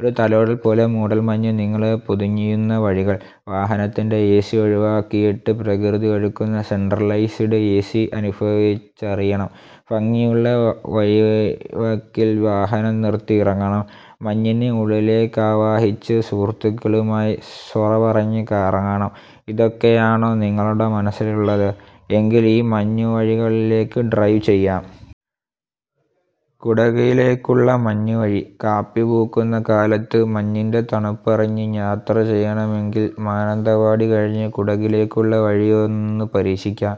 ഒരു തലോടൽ പോലെ മൂടൽമഞ്ഞ് നിങ്ങളെ പൊതിയുന്ന വഴികൾ. വാഹനത്തിൻ്റെ എ.സി. ഒഴിവാക്കിയിട്ട് പ്രകൃതി ഒരുക്കുന്ന സെൻട്രലൈസ്ഡ് എ.സി. അനുഭവിച്ചറിയണം. ഭംഗിയുള്ള വഴിവക്കിൽ വാഹനം നിർത്തി ഇറങ്ങണം, മഞ്ഞിനെ ഉള്ളിലേക്കാവാഹിച്ച് സുഹൃത്തുക്കളുമായി സൊറ പറഞ്ഞ് കറങ്ങണം. ഇതൊക്കെയാണോ നിങ്ങളുടെ മനസ്സിലുള്ളത്? എങ്കിൽ ഈ മഞ്ഞുവഴികളിലേക്ക് ഡ്രൈവ് ചെയ്യാം. കുടകിലേക്കുള്ള മഞ്ഞുവഴി. കാപ്പി പൂക്കുന്ന കാലത്ത് മഞ്ഞിൻ്റെ തണുപ്പറിഞ്ഞ് യാത്ര ചെയ്യണമെങ്കിൽ മാനന്തവാടി കഴിഞ്ഞ് കുടകിലേക്കുള്ള വഴിയൊന്ന് പരീക്ഷിക്കാം.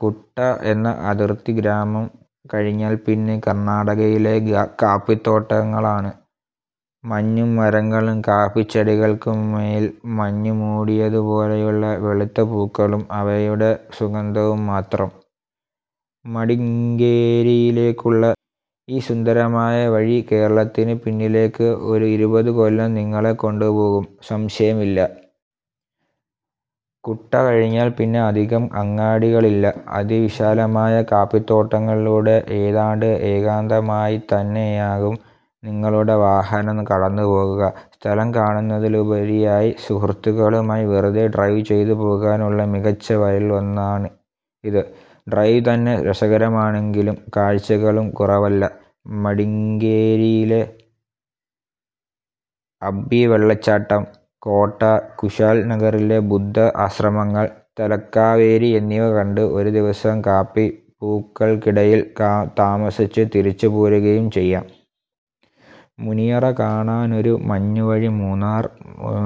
കുട്ട എന്ന അതിർത്തി ഗ്രാമം കഴിഞ്ഞാൽ പിന്നെ കർണാടകയിലെ കാപ്പിത്തോട്ടങ്ങളാണ്. മഞ്ഞും മരങ്ങളും കാപ്പിച്ചെടികൾക്കുമേൽ മഞ്ഞുമൂടിയതുപോലെയുള്ള വെളുത്ത പൂക്കളും അവയുടെ സുഗന്ധവും മാത്രം! മടിക്കേരിയിലേക്കുള്ള ഈ സുന്ദരമായ വഴി കേരളത്തിന് പിന്നിലേക്ക് ഒരു ഇരുപത് കൊല്ലം നിങ്ങളെ കൊണ്ടുപോകും; സംശയമില്ല. കുട്ട കഴിഞ്ഞാൽ പിന്നെ അധികം അങ്ങാടികളില്ല. അതിവിശാലമായ കാപ്പിത്തോട്ടങ്ങളിലൂടെ ഏതാണ്ട് ഏകാന്തമായിത്തന്നെയാകും നിങ്ങളുടെ വാഹനം കടന്നുപോകുക. സ്ഥലം കാണുന്നതിലുപരിയായി സുഹൃത്തുക്കളുമായി വെറുതെ ഡ്രൈവ് ചെയ്തുപോകാനുള്ള മികച്ച വഴികളിലൊന്നാണിത്. ഡ്രൈവ് തന്നെ രസകരമാണെങ്കിലും കാഴ്ചകളും കുറവല്ല. മടിക്കേരിയിലെ അബ്ബി വെള്ളച്ചാട്ടം, കോട്ട, കുശാൽനഗറിലെ ബുദ്ധ ആശ്രമങ്ങൾ, തലക്കാവേരി എന്നിവ കണ്ട്, ഒരു ദിവസം കാപ്പിപ്പൂക്കൾക്കിടയിൽ താമസിച്ച് തിരിച്ചുപോരുകയും ചെയ്യാം. മുനിയറ കാണാനൊരു മഞ്ഞുവഴി മൂന്നാർ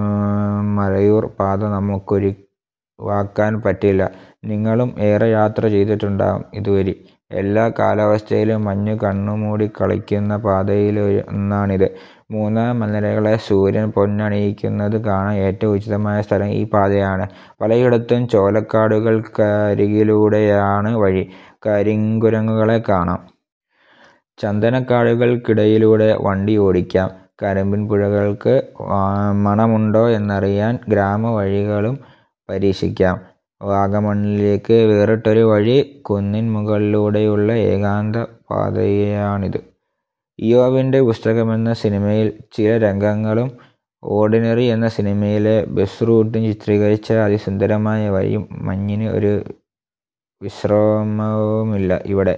- മറയൂർ പാത നമുക്കൊഴിവാക്കാൻ പറ്റില്ല. നിങ്ങളും ഏറെ യാത്ര ചെയ്തിട്ടുണ്ടാകും ഇതുവഴി. എല്ലാ കാലാവസ്ഥകളിലും മഞ്ഞു കണ്ണുമൂടിക്കളിക്കുന്ന പാതകളിലൊന്നാണിത്. മൂന്നാർ മലനിരകളെ സൂര്യൻ പൊന്നണിയിക്കുന്നത് കാണാൻ ഏറ്റവും ഉചിതമായ സ്ഥലം ഈ പാതയാണ്. പലയിടത്തും ചോലക്കാടുകൾക്കരികിലൂടെയാണ് വഴി. കരിങ്കുരങ്ങുകളെ കാണാം. ചന്ദനക്കാടുകൾക്കിടയിലൂടെ വണ്ടിയോടിക്കാം. കരിമ്പിൻപൂക്കൾക്ക് മണമുണ്ടോ എന്നറിയാൻ ഗ്രാമവഴികളും പരീക്ഷിക്കാം. വാഗമണ്ണിലേക്ക് വേറിട്ടൊരു വഴി കുന്നിൻമുകളിലൂടെയുള്ള ഏകാന്തപാതയാണിത്. 'ഇയ്യോബിൻ്റെ പുസ്തകം' എന്ന സിനിമയിലെ ചില രംഗങ്ങളും 'ഓർഡിനറി' എന്ന സിനിമയിലെ ബസ് റൂട്ടും ചിത്രീകരിച്ച അതിസുന്ദരമായ വഴി. മഞ്ഞിന് ഒരു വിശ്രമവുമില്ല ഇവിടെ!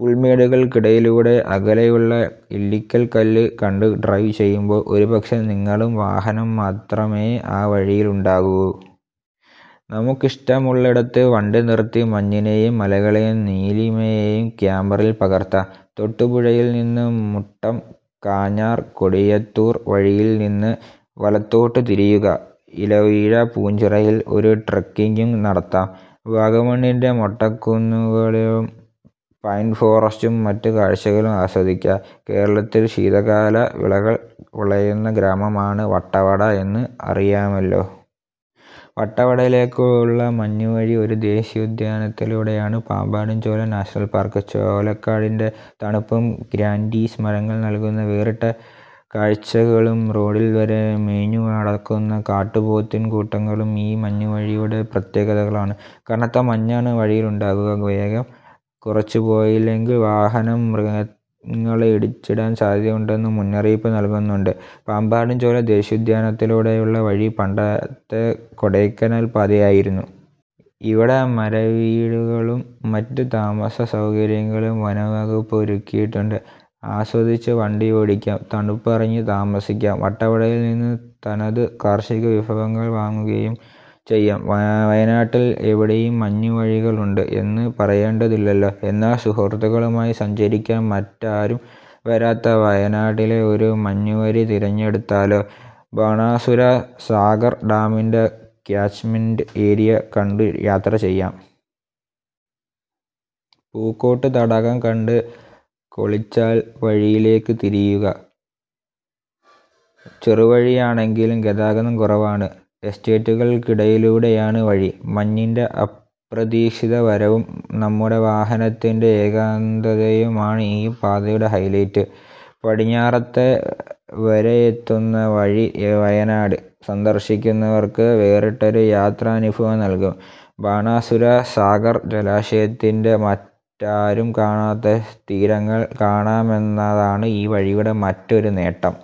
പുൽമേടുകൾക്കിടയിലൂടെ അകലെയുള്ള ഇല്ലിക്കൽകല്ല് കണ്ട് ഡ്രൈവ് ചെയ്യുമ്പോൾ, ഒരുപക്ഷേ നിങ്ങളുടെ വാഹനം മാത്രമേ ആ വഴിയിലുണ്ടാകൂ. നമുക്കിഷ്ടമുള്ളിടത്ത് വണ്ടി നിർത്തി മഞ്ഞിനെയും മലകളുടെ നീലിമയെയും ക്യാമറയിൽ പകർത്താം. തൊടുപുഴയിൽ നിന്ന് മുട്ടം - കാഞ്ഞാർ - കൊടിയത്തൂർ വഴിയിൽ നിന്ന് വലത്തോട്ട് തിരിയുക. ഇലവീഴാപൂഞ്ചിറയിൽ ഒരു ട്രെക്കിംഗും നടത്താം. വാഗമണ്ണിൻ്റെ മൊട്ടക്കുന്നുകളും പൈൻ ഫോറസ്റ്റും മറ്റ് കാഴ്ചകളും ആസ്വദിക്കാം. കേരളത്തിൽ ശീതകാല വിളകൾ വിളയുന്ന ഗ്രാമമാണ് വട്ടവട എന്ന് അറിയാമല്ലോ. വട്ടവടയിലേക്കുള്ള മഞ്ഞുവഴി ഒരു ദേശീയോദ്യാനത്തിലൂടെയാണ്; പാമ്പാടുംചോല നാഷണൽ പാർക്ക്! ചോലക്കാടിൻ്റെ തണുപ്പും ഗ്രാൻ്റീസ് മരങ്ങൾ നൽകുന്ന വേറിട്ട കാഴ്ചകളും റോഡിൽ വരെ മേഞ്ഞുനടക്കുന്ന കാട്ടുപോത്തിൻകൂട്ടങ്ങളും ഈ മഞ്ഞുവഴിയുടെ പ്രത്യേകതകളാണ്. കനത്ത മഞ്ഞാണ് വഴിയിലുണ്ടാകുക. വേഗം കുറച്ചുപോയില്ലെങ്കിൽ വാഹനം മൃഗങ്ങളെ ഇടിച്ചിടാൻ സാധ്യതയുണ്ടെന്ന് മുന്നറിയിപ്പ് നൽകുന്നുണ്ട്. പാമ്പാടുംചോല ദേശീയോദ്യാനത്തിലൂടെയുള്ള വഴി പണ്ടത്തെ കൊടൈക്കനാൽ പാതയായിരുന്നു. ഇവിടെ മരവീടുകളും മറ്റ് താമസസൗകര്യങ്ങളും വനംവകുപ്പ് ഒരുക്കിയിട്ടുണ്ട്. ആസ്വദിച്ച് വണ്ടിയോടിക്കാം; തണുപ്പറിഞ്ഞ് താമസിക്കാം. വട്ടവടയിൽ നിന്ന് തനത് കാർഷികവിഭവങ്ങൾ വാങ്ങുകയും ചെയ്യാം. വയനാട്ടിൽ എവിടെയും മഞ്ഞുവഴികളുണ്ട് എന്ന് പറയേണ്ടതില്ലല്ലോ. എന്നാൽ സുഹൃത്തുക്കളുമായി സഞ്ചരിക്കാൻ മറ്റാരും വരാത്ത വയനാട്ടിലെ ഒരു മഞ്ഞുവഴി തിരഞ്ഞെടുത്താലോ? ബാണാസുര സാഗർ ഡാമിൻ്റെ ക്യാച്ച്‌മെൻ്റ് ഏരിയ കണ്ടു യാത്ര ചെയ്യാം. പൂക്കോട് തടാകം കണ്ട് കോളിച്ചാൽ വഴിയിലേക്ക് തിരിയുക. ചെറുവഴിയാണെങ്കിലും ഗതാഗതം കുറവാണ്. എസ്റ്റേറ്റുകൾക്കിടയിലൂടെയാണ് വഴി. മഞ്ഞിൻ്റെ അപ്രതീക്ഷിത വരവും നമ്മുടെ വാഹനത്തിൻ്റെ ഏകാന്തതയുമാണ് ഈ പാതയുടെ ഹൈലൈറ്റ്. പടിഞ്ഞാറത്തറ വരെയെത്തുന്ന വഴി വയനാട് സന്ദർശിക്കുന്നവർക്ക് വേറിട്ടൊരു യാത്രാനുഭവം നൽകും. ബാണാസുര സാഗർ ജലാശയത്തിൻ്റെ മറ്റാരും കാണാത്ത തീരങ്ങൾ കാണാമെന്നതാണ് ഈ വഴിയുടെ മറ്റൊരു നേട്ടം.